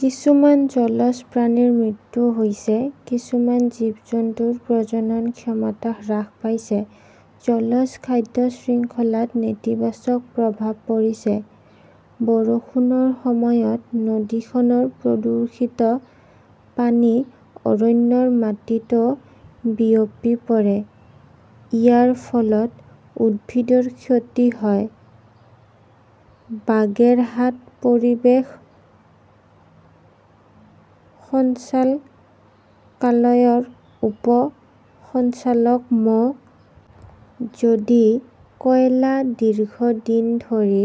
কিছুমান জলজ প্ৰাণীৰ মৃত্যু হৈছে। কিছুমান জীৱ-জন্তুৰ প্ৰজনন ক্ষমতা হ্ৰাস পাইছে। জলজ খাদ্য শৃংখলাত নেতিবাচক প্ৰভাৱ পৰিছে। বৰষুণৰ সময়ত নদীখনৰ প্ৰদূষিত পানী অৰণ্যৰ মাটিতও বিয়পি পৰে। ইয়াৰ ফলত উদ্ভিদৰ ক্ষতি হয়। বাগেৰহাট পৰিৱেশ সঞ্চালকালয়ৰ উপ সঞ্চালক মো. যদি কয়লা দীৰ্ঘদিন ধৰি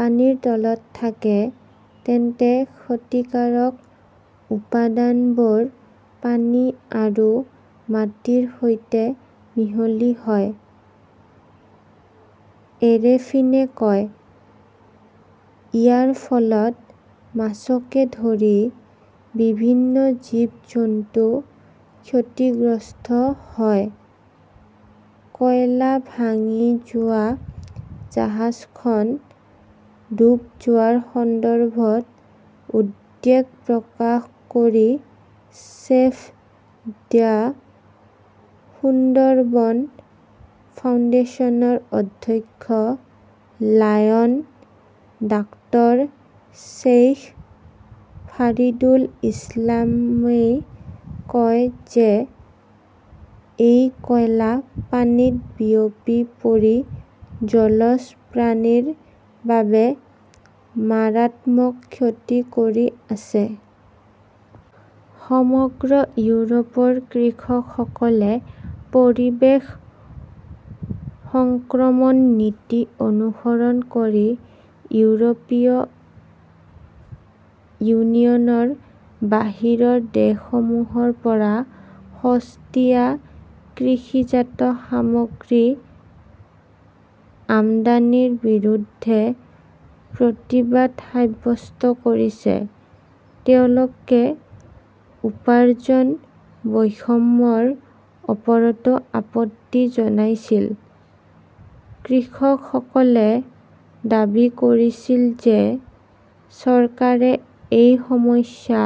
পানীৰ তলত থাকে তেন্তে ক্ষতিকাৰক উপাদানবোৰ পানী আৰু মাটিৰ সৈতে মিহলি হয়, এৰেফিনে কয়। ইয়াৰ ফলত মাছকে ধৰি বিভিন্ন জীৱ-জন্তু ক্ষতিগ্ৰস্ত হয়। কয়লা ভাহি যোৱা জাহাজখন ডুব যোৱাৰ সন্দৰ্ভত উদ্বেগ প্ৰকাশ কৰি ছেভ দ্য সুন্দৰবন ফাউণ্ডেশ্যনৰ অধ্যক্ষ লায়ন ডাক্তৰ শ্বেইখ ফাৰিদুল ইছলামই কয় যে এই কয়লা পানীত বিয়পি পৰি জলজ প্ৰাণীৰ বাবে মাৰাত্মক ক্ষতি কৰি আছে। সমগ্ৰ ইউৰোপৰ কৃষকসকলে পৰিৱেশ সংক্ৰমণ নীতি অনুসৰণ কৰি ইউৰোপীয় ইউনিয়নৰ বাহিৰৰ দেশসমূহৰ পৰা সস্তীয়া কৃষিজাত সামগ্ৰী আমদানিৰ বিৰুদ্ধে প্ৰতিবাদ সাব্যস্ত কৰিছে। তেওঁলোকে উপাৰ্জন বৈষম্যৰ ওপৰতো আপত্তি জনাইছিল। কৃষকসকলে দাবী কৰিছিল যে চৰকাৰে এই সমস্যা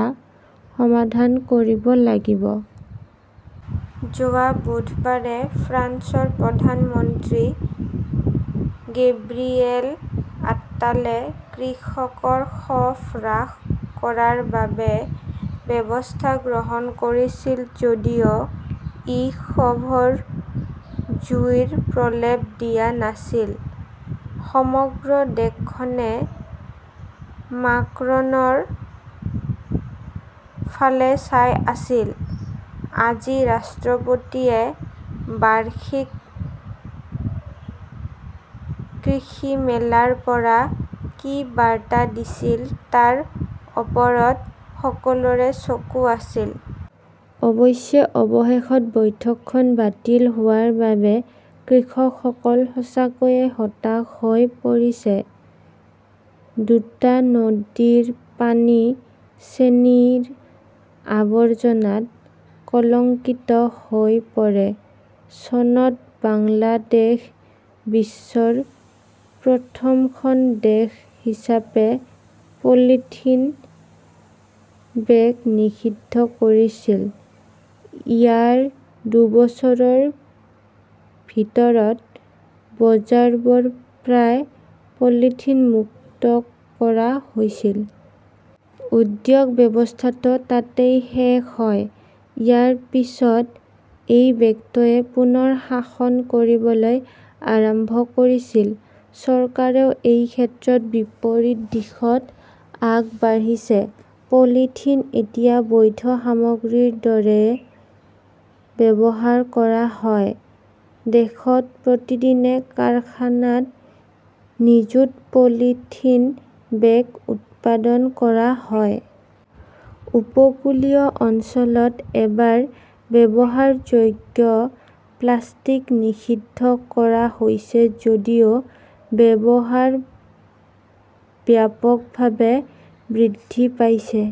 সমাধান কৰিব লাগিব। যোৱা বুধবাৰে ফ্ৰান্সৰ প্ৰধানমন্ত্ৰী গেব্ৰিয়েল অট্টালে কৃষকৰ ক্ষোভ হ্ৰাস কৰাৰ বাবে ব্যৱস্থা গ্ৰহণ কৰিছিল যদিও ই ক্ষোভৰ জুইৰ প্ৰলেপ দিয়া নাছিল। সমগ্ৰ দেশখনে মাকৰনৰ ফালে চাই আছিল। আজি ৰাষ্ট্ৰপতিয়ে বাৰ্ষিক কৃষি মেলাৰ পৰা কি বাৰ্তা দিছিল তাৰ ওপৰত সকলোৰে চকু আছিল। অৱশ্যে, অৱশেষত বৈঠকখন বাতিল হোৱাৰ বাবে কৃষকসকল সঁচাকৈয়ে হতাশ হৈ পৰিছে। দুটা নদীৰ পানী চেনিৰ আৱৰ্জনাত কলঙ্কিত হৈ পৰে চনত বাংলাদেশ বিশ্বৰ প্ৰথমখন দেশ হিচাপে পলিথিন বেগ নিষিদ্ধ কৰিছিল। ইয়াৰ দুবছৰৰ ভিতৰত বজাৰবোৰ প্ৰায় পলিথিন মুক্ত কৰা হৈছিল। উদ্যোগ, ব্যৱস্থাটো তাতেই শেষ হয়। ইয়াৰ পিছত এই বেগটোৱে পুনৰ শাসন কৰিবলৈ আৰম্ভ কৰিছিল। চৰকাৰেও এই ক্ষেত্ৰত বিপৰীত দিশত আগবাঢ়িছে। পলিথিন এতিয়া বৈধ সামগ্ৰীৰ দৰেই ব্যৱহাৰ কৰা হয়। দেশত প্ৰতিদিনে কাৰখানাত নিযুত পলিথিন বেগ উৎপাদন কৰা হয়। উপকূলীয় অঞ্চলত এবাৰ ব্যৱহাৰযোগ্য প্লাষ্টিক নিষিদ্ধ কৰা হৈছে যদিও ব্যৱহাৰ ব্যাপকভাৱে বৃদ্ধি পাইছে।